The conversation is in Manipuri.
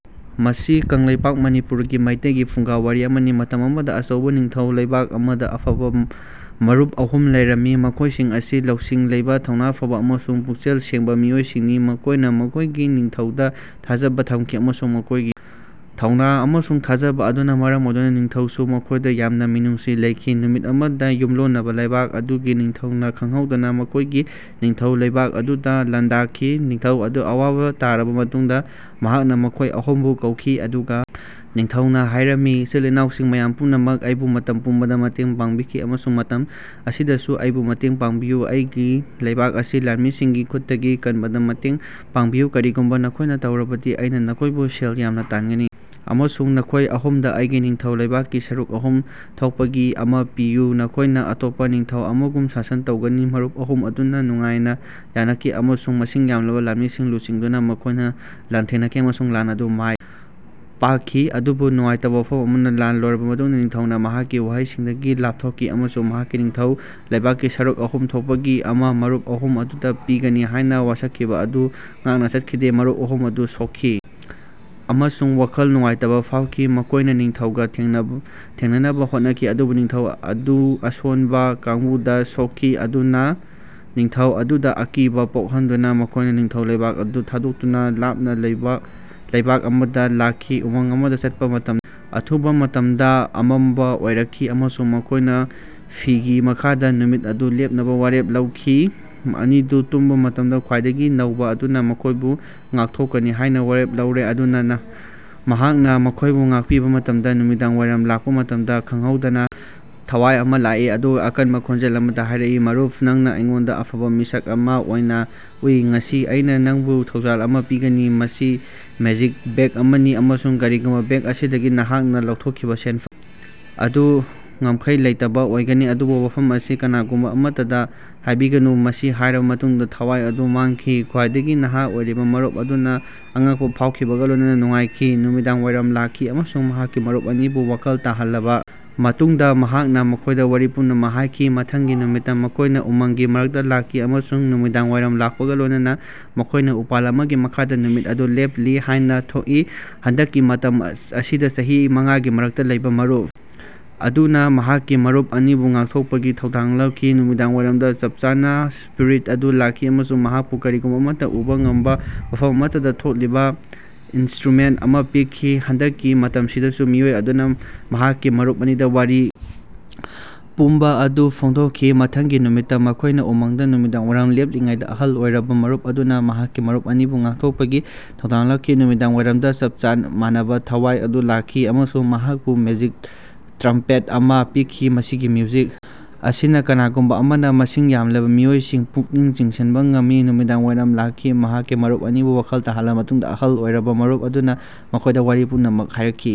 ꯃꯁꯤ ꯀꯪꯂꯩꯄꯥꯛ ꯃꯅꯤꯄꯨꯔꯒꯤ ꯃꯤꯇꯩꯒꯤ ꯐꯨꯡꯒꯥꯋꯥꯔꯤ ꯑꯃꯅꯤ꯫ ꯃꯇꯝ ꯑꯃꯗꯥ ꯑꯆꯧꯕꯥ ꯅꯤꯡꯊꯧ ꯂꯩꯕꯥꯛ ꯑꯃꯗꯥ ꯑꯐꯕꯥ ꯃꯔꯨꯞ ꯑꯍꯨꯝ ꯂꯩꯔꯝꯃꯤ꯫ ꯃꯈꯣꯏꯁꯤꯡ ꯑꯁꯤ ꯂꯧꯁꯤꯡ ꯂꯩꯕꯥ ꯊꯧꯅꯥ ꯐꯕꯥ ꯑꯃꯁꯨꯡ ꯄꯨꯛꯆꯦꯜ ꯁꯦꯡꯕꯥ ꯃꯤꯑꯣꯏꯁꯤꯡꯅꯤ꯫ ꯃꯈꯣꯏꯅꯥ ꯃꯈꯣꯏꯒꯤ ꯅꯤꯡꯊꯧꯗꯥ ꯊꯥꯖꯕꯥ ꯊꯝꯈꯤ ꯑꯃꯁꯨꯡ ꯃꯈꯣꯏꯒꯤ ꯊꯧꯅꯥ ꯑꯃꯁꯨꯡ ꯊꯥꯖꯕꯥ ꯑꯗꯨꯅꯥ ꯃꯔꯝ ꯑꯣꯏꯗꯨꯅꯥ ꯅꯤꯡꯊꯧꯁꯨ ꯃꯈꯣꯏꯗꯥ ꯌꯥꯝꯅꯥ ꯃꯤꯅꯨꯡꯁꯤ ꯂꯩꯈꯤ꯫ ꯅꯨꯃꯤꯠ ꯑꯃꯗꯥ ꯌꯨꯝꯂꯣꯟꯅꯕꯥ ꯂꯩꯕꯥꯛ ꯑꯗꯨꯒꯤ ꯅꯤꯡꯊꯧꯅꯥ ꯈꯪꯍꯧꯗꯅꯥ ꯃꯈꯣꯏꯒꯤ ꯅꯤꯡꯊꯧ ꯂꯩꯕꯥꯛ ꯑꯗꯨꯗꯥ ꯂꯥꯟꯗꯥꯈꯤ꯫ ꯅꯤꯡꯊꯧ ꯑꯗꯨ ꯑꯋꯥꯕꯥ ꯇꯥꯔꯕꯥ ꯃꯇꯨꯡꯗꯥ ꯃꯍꯥꯛꯅꯥ ꯃꯈꯣꯏ ꯑꯍꯨꯝꯕꯨ ꯀꯧꯈꯤ꯫ ꯑꯗꯨꯒꯥ ꯅꯤꯡꯊꯧꯅꯥ ꯍꯥꯏꯔꯝꯃꯤ ꯏꯆꯤꯜ ꯏꯅꯥꯎꯁꯤꯡ ꯃꯌꯥꯝ ꯄꯨꯝꯅꯃꯛꯅꯥ ꯑꯩꯕꯨ ꯃꯇꯝ ꯄꯨꯝꯕꯗꯥ ꯃꯇꯦꯡ ꯄꯥꯡꯕꯤꯈꯤ ꯑꯃꯁꯨꯡ ꯃꯇꯝ ꯑꯁꯤꯗꯁꯨ ꯑꯩꯕꯨ ꯃꯇꯦꯡ ꯄꯥꯡꯕꯤꯌꯨ꯫ ꯑꯩꯒꯤ ꯂꯩꯕꯥꯛ ꯑꯁꯤ ꯂꯥꯟꯃꯤꯁꯤꯡꯒꯤ ꯈꯨꯠꯇꯒꯤ ꯀꯟꯕꯗꯥ ꯃꯇꯦꯡ ꯄꯥꯡꯕꯤꯌꯨ꯫ ꯀꯔꯤꯒꯨꯝꯕꯥ ꯅꯈꯣꯏꯅꯥ ꯇꯧꯔꯕꯗꯤ ꯑꯩꯅꯥ ꯅꯈꯣꯏꯕꯨ ꯁꯦꯜ ꯌꯥꯝꯅꯥ ꯇꯥꯟꯒꯅꯤ꯫ ꯑꯃꯁꯨꯡ ꯅꯈꯣꯏ ꯑꯍꯨꯝꯗꯥ ꯑꯩꯒꯤ ꯅꯤꯡꯊꯧ ꯂꯩꯕꯥꯛꯀꯤ ꯁꯔꯨꯛ ꯑꯍꯨꯝ ꯊꯣꯛꯄꯒꯤ ꯑꯃꯥ ꯄꯤꯌꯨ ꯅꯈꯣꯏꯅꯥ ꯑꯇꯣꯞꯄꯥ ꯅꯤꯡꯊꯧ ꯑꯃꯒꯨꯝ ꯁꯥꯁꯟ ꯇꯧꯒꯅꯤ ꯃꯔꯨꯞ ꯑꯍꯨꯝ ꯑꯗꯨꯅꯥ ꯅꯨꯡꯉꯥꯏꯅꯥ ꯌꯥꯅꯈꯤ ꯑꯃꯁꯨꯡ ꯃꯁꯤꯡ ꯌꯥꯝꯂꯕꯥ ꯂꯥꯟꯃꯤꯁꯤꯡ ꯂꯨꯆꯤꯡꯗꯨꯅꯥ ꯃꯈꯣꯏꯅꯥ ꯂꯥꯟꯊꯦꯡꯅꯈꯤ ꯑꯃꯁꯨꯡ ꯂꯥꯟ ꯑꯗꯨ ꯃꯥꯏ ꯄꯥꯛꯈꯤ꯫ ꯑꯗꯨꯕꯨ ꯅꯨꯡꯉꯥꯏꯇꯕꯥ ꯋꯥꯐꯝ ꯑꯃꯅꯥ ꯂꯥꯟ ꯂꯣꯏꯔꯕꯥ ꯃꯇꯨꯡꯗꯥ ꯅꯤꯡꯊꯧꯅꯥ ꯃꯍꯥꯛꯀꯤ ꯋꯥꯍꯩꯁꯤꯡꯗꯒꯤ ꯂꯥꯞꯊꯣꯛꯈꯤ ꯑꯃꯁꯨꯡ ꯃꯍꯥꯛꯀꯤ ꯅꯤꯡꯊꯧ ꯂꯩꯕꯥꯛꯀꯤ ꯁꯔꯨꯛ ꯑꯍꯨꯝ ꯊꯣꯛꯄꯒꯤ ꯑꯃꯥ ꯃꯔꯨꯞ ꯑꯍꯨꯝ ꯑꯗꯨꯗꯥ ꯄꯤꯒꯅꯤ ꯍꯥꯏꯅꯥ ꯋꯥꯁꯛꯈꯤꯕꯥ ꯑꯗꯨ ꯉꯥꯛꯅꯥ ꯆꯠꯈꯤꯗꯦ꯫ ꯃꯔꯨꯞ ꯑꯍꯨꯝ ꯑꯗꯨ ꯁꯣꯛꯈꯤ ꯑꯃꯁꯨꯡ ꯋꯥꯈꯜ ꯅꯨꯡꯉꯥꯏꯇꯕꯥ ꯐꯥꯎꯈꯤ꯫ ꯃꯈꯣꯏꯅꯥ ꯅꯤꯡꯊꯧꯒꯥ ꯊꯦꯡꯅꯅꯕꯥ ꯍꯣꯠꯅꯈꯤ ꯑꯗꯨꯕꯨ ꯅꯤꯡꯊꯧ ꯑꯗꯨ ꯑꯁꯣꯟꯕꯥ ꯀꯥꯡꯕꯨꯗꯥ ꯁꯣꯛꯈꯤ꯫ ꯑꯗꯨꯅꯥ ꯅꯤꯡꯊꯧ ꯑꯗꯨꯗꯥ ꯑꯀꯤꯕꯥ ꯄꯣꯛꯍꯟꯗꯨꯅꯥ ꯃꯈꯣꯏꯅꯥ ꯅꯤꯡꯊꯧ ꯂꯩꯕꯥꯛ ꯑꯗꯨ ꯊꯥꯗꯣꯛꯇꯨꯅꯥ ꯂꯥꯞꯅꯥ ꯂꯩꯕꯥ ꯂꯩꯕꯥꯛ ꯑꯃꯗꯥ ꯂꯥꯛꯈꯤ꯫ ꯎꯃꯪ ꯑꯃꯗꯥ ꯆꯠꯄꯥ ꯃꯇꯝꯗꯥ ꯑꯊꯨꯕꯥ ꯃꯇꯝꯗꯥ ꯑꯃꯝꯕꯥ ꯑꯣꯏꯔꯛꯈꯤ ꯑꯃꯁꯨꯡ ꯃꯈꯣꯏꯅꯥ ꯐꯤꯒꯤ ꯃꯈꯥꯗꯥ ꯅꯨꯃꯤꯠ ꯑꯗꯨ ꯂꯦꯞꯅꯕꯥ ꯋꯥꯔꯦꯞ ꯂꯧꯈꯤ꯫ ꯑꯅꯤꯗꯨ ꯇꯨꯝꯕꯥ ꯃꯇꯝꯗꯥ ꯈ꯭ꯋꯥꯏꯗꯒꯤ ꯅꯧꯕꯥ ꯑꯗꯨꯅꯥ ꯃꯈꯣꯏꯕꯨ ꯉꯥꯛꯊꯣꯛꯀꯅꯤ ꯍꯥꯏꯅꯥ ꯋꯥꯔꯦꯞ ꯂꯧꯔꯦ꯫ ꯑꯗꯨꯅꯥ ꯃꯍꯥꯛꯅꯥ ꯃꯈꯣꯏꯕꯨ ꯉꯥꯛꯄꯤꯕꯥ ꯃꯇꯝꯗꯥ ꯅꯨꯃꯤꯗꯥꯡꯋꯥꯏꯔꯝ ꯂꯥꯛꯄꯥ ꯃꯇꯝꯗꯥ ꯈꯪꯍꯧꯗꯅꯥ ꯊꯋꯥꯏ ꯑꯃꯥ ꯂꯥꯛꯏ ꯑꯗꯨꯒꯥ ꯑꯀꯟꯕꯥ ꯈꯣꯟꯖꯦꯜ ꯑꯃꯗꯥ ꯍꯥꯌꯔꯛꯏ ꯃꯔꯨꯞ ꯅꯪꯅꯥ ꯑꯩꯉꯣꯟꯗꯥ ꯑꯐꯕꯥ ꯃꯤꯁꯛ ꯑꯃꯥ ꯑꯣꯏꯅꯥ ꯎꯏ ꯉꯁꯤ ꯑꯩꯅꯥ ꯅꯪꯕꯨ ꯊꯧꯖꯥꯜ ꯑꯃꯥ ꯄꯤꯒꯅꯤ꯫ ꯃꯁꯤ ꯃꯦꯖꯤꯛ ꯕꯦꯒ ꯑꯃꯅꯤ ꯑꯃꯁꯨꯡ ꯀꯔꯤꯒꯨꯝꯕꯥ ꯕꯦꯒ ꯑꯁꯤꯗꯒꯤ ꯅꯍꯥꯛꯅꯥ ꯂꯧꯊꯣꯛꯈꯤꯕꯥ ꯁꯦꯟꯐꯝ ꯑꯗꯨ ꯉꯝꯈꯩ ꯂꯩꯇꯕꯥ ꯑꯣꯏꯒꯅꯤ ꯑꯗꯨꯕꯨ ꯋꯥꯐꯝ ꯑꯁꯤ ꯀꯅꯥꯒꯨꯝꯕꯥ ꯑꯃꯠꯇꯗꯥ ꯍꯥꯏꯕꯤꯒꯅꯨ꯫ ꯃꯁꯤ ꯍꯥꯏꯔꯕꯥ ꯃꯇꯨꯡꯗꯥ ꯊꯋꯥꯏ ꯑꯗꯨ ꯃꯥꯡꯈꯤ꯫ ꯈ꯭ꯋꯥꯏꯗꯒꯤ ꯅꯍꯥ ꯑꯣꯏꯔꯤꯕꯥ ꯃꯔꯨꯞ ꯑꯗꯨꯅꯥ ꯑꯉꯛꯄꯥ ꯐꯥꯎꯈꯤꯕꯒꯥ ꯂꯣꯏꯅꯅꯥ ꯅꯨꯡꯉꯥꯏꯈꯤ꯫ ꯅꯨꯃꯤꯗꯥꯡꯋꯥꯏꯔꯝ ꯂꯥꯛꯈꯤ ꯑꯃꯁꯨꯡ ꯃꯍꯥꯛꯀꯤ ꯃꯔꯨꯞ ꯑꯅꯤꯕꯨ ꯋꯥꯈꯜ ꯇꯥꯍꯜꯂꯕꯥ ꯃꯇꯨꯡꯗꯥ ꯃꯍꯥꯛꯅꯥ ꯃꯈꯣꯏꯗꯥ ꯋꯥꯔꯤ ꯄꯨꯝꯅꯃꯛ ꯍꯥꯏꯈꯤ꯫ ꯃꯊꯪꯒꯤ ꯅꯨꯃꯤꯠꯇꯥ ꯃꯈꯣꯏꯅꯥ ꯎꯃꯪꯒꯤ ꯃꯔꯛꯇꯥ ꯂꯥꯛꯈꯤ ꯑꯃꯁꯨꯡ ꯅꯨꯃꯤꯗꯥꯡꯋꯥꯏꯔꯝ ꯂꯥꯛꯄꯒꯥ ꯂꯣꯏꯅꯅꯥ ꯃꯈꯣꯏꯅꯥ ꯎꯄꯥꯜ ꯑꯃꯒꯤ ꯃꯈꯥꯗꯥ ꯅꯨꯃꯤꯠ ꯑꯗꯨ ꯂꯦꯞꯂꯤ ꯍꯥꯏꯅꯥ ꯊꯣꯛꯏ꯫ ꯍꯟꯗꯛꯀꯤ ꯃꯇꯝ ꯑꯁꯤꯗꯥ ꯆꯍꯤ ꯃꯉꯥꯒꯤ ꯃꯔꯛꯇꯥ ꯂꯩꯕꯥ ꯃꯔꯨꯞ ꯑꯗꯨꯅꯥ ꯃꯍꯥꯛꯀꯤ ꯃꯔꯨꯞ ꯑꯅꯤꯕꯨ ꯉꯥꯛꯊꯣꯛꯄꯒꯤ ꯊꯧꯗꯥꯡ ꯂꯧꯈꯤ꯫ ꯅꯨꯃꯤꯗꯥꯡꯋꯥꯏꯔꯝꯗꯥ ꯆꯞ ꯃꯥꯟꯅꯕꯥ ꯁ꯭ꯄꯤꯔꯤꯠ ꯑꯗꯨ ꯂꯥꯛꯈꯤ ꯑꯃꯁꯨꯡ ꯃꯍꯥꯛꯄꯨ ꯀꯔꯤꯒꯨꯝꯕꯥ ꯑꯃꯠꯇꯥ ꯎꯕꯥ ꯉꯝꯕꯥ ꯃꯐꯝ ꯑꯃꯠꯇꯗꯥ ꯊꯣꯛꯂꯤꯕꯥ ꯏꯅꯁ꯭ꯇꯔꯨꯃꯦꯟꯇ ꯑꯃꯥ ꯄꯤꯈꯤ꯫ ꯍꯟꯗꯛꯀꯤ ꯃꯇꯝꯁꯤꯗꯁꯨ ꯃꯤꯑꯣꯏ ꯑꯗꯨꯅꯥ ꯃꯍꯥꯛꯀꯤ ꯃꯔꯨꯞ ꯑꯅꯤꯗꯥ ꯋꯥꯔꯤ ꯄꯨꯝꯕꯥ ꯑꯗꯨ ꯐꯣꯡꯗꯣꯛꯈꯤ꯫ ꯃꯊꯪꯒꯤ ꯅꯨꯃꯤꯠꯇꯥ ꯃꯈꯣꯏꯅꯥ ꯎꯃꯪꯗꯥ ꯅꯨꯃꯤꯗꯥꯡꯋꯥꯏꯔꯝ ꯂꯦꯞꯂꯤꯉꯩꯗꯥ ꯑꯍꯜ ꯑꯣꯏꯔꯕꯥ ꯃꯔꯨꯞ ꯑꯗꯨꯅꯥ ꯃꯍꯥꯛꯀꯤ ꯃꯔꯨꯞ ꯑꯅꯤꯕꯨ ꯉꯥꯛꯊꯣꯛꯄꯒꯤ ꯊꯧꯗꯥꯡ ꯂꯧꯈꯤ꯫ ꯅꯨꯃꯤꯗꯥꯡꯋꯥꯏꯔꯃꯗꯥ ꯆꯞ ꯃꯥꯟꯅꯕꯥ ꯊꯋꯥꯏ ꯑꯗꯨ ꯂꯥꯛꯈꯤ ꯑꯃꯁꯨꯡ ꯃꯍꯥꯛꯄꯨ ꯃꯦꯖꯤꯛ ꯇ꯭ꯔꯝꯄꯦꯠ ꯑꯃꯥ ꯄꯤꯈꯤ꯫ ꯃꯁꯤꯒꯤ ꯃ꯭ꯌꯨꯖꯤꯛ ꯑꯁꯤꯅꯥ ꯀꯅꯥꯒꯨꯝꯕꯥ ꯑꯃꯅꯥ ꯃꯁꯤꯡ ꯌꯥꯝꯂꯕꯥ ꯃꯤꯑꯣꯏꯁꯤꯡ ꯄꯨꯛꯅꯤꯡ ꯆꯤꯡꯁꯤꯅꯕꯥ ꯉꯝꯃꯤ꯫ ꯅꯨꯃꯤꯗꯥꯡꯋꯥꯏꯔꯝ ꯂꯥꯛꯈꯤ ꯃꯍꯥꯛꯀꯤ ꯃꯔꯨꯞ ꯑꯅꯤꯕꯨ ꯋꯥꯈꯜ ꯇꯥꯍꯜꯂꯕꯥ ꯃꯇꯨꯡꯗꯥ ꯑꯍꯜ ꯑꯣꯏꯔꯕꯥ ꯃꯔꯨꯞ ꯑꯗꯨꯅꯥ ꯃꯈꯣꯏꯗꯥ ꯋꯥꯔꯤ ꯄꯨꯝꯅꯃꯛ ꯍꯥꯏꯔꯛꯈꯤ꯫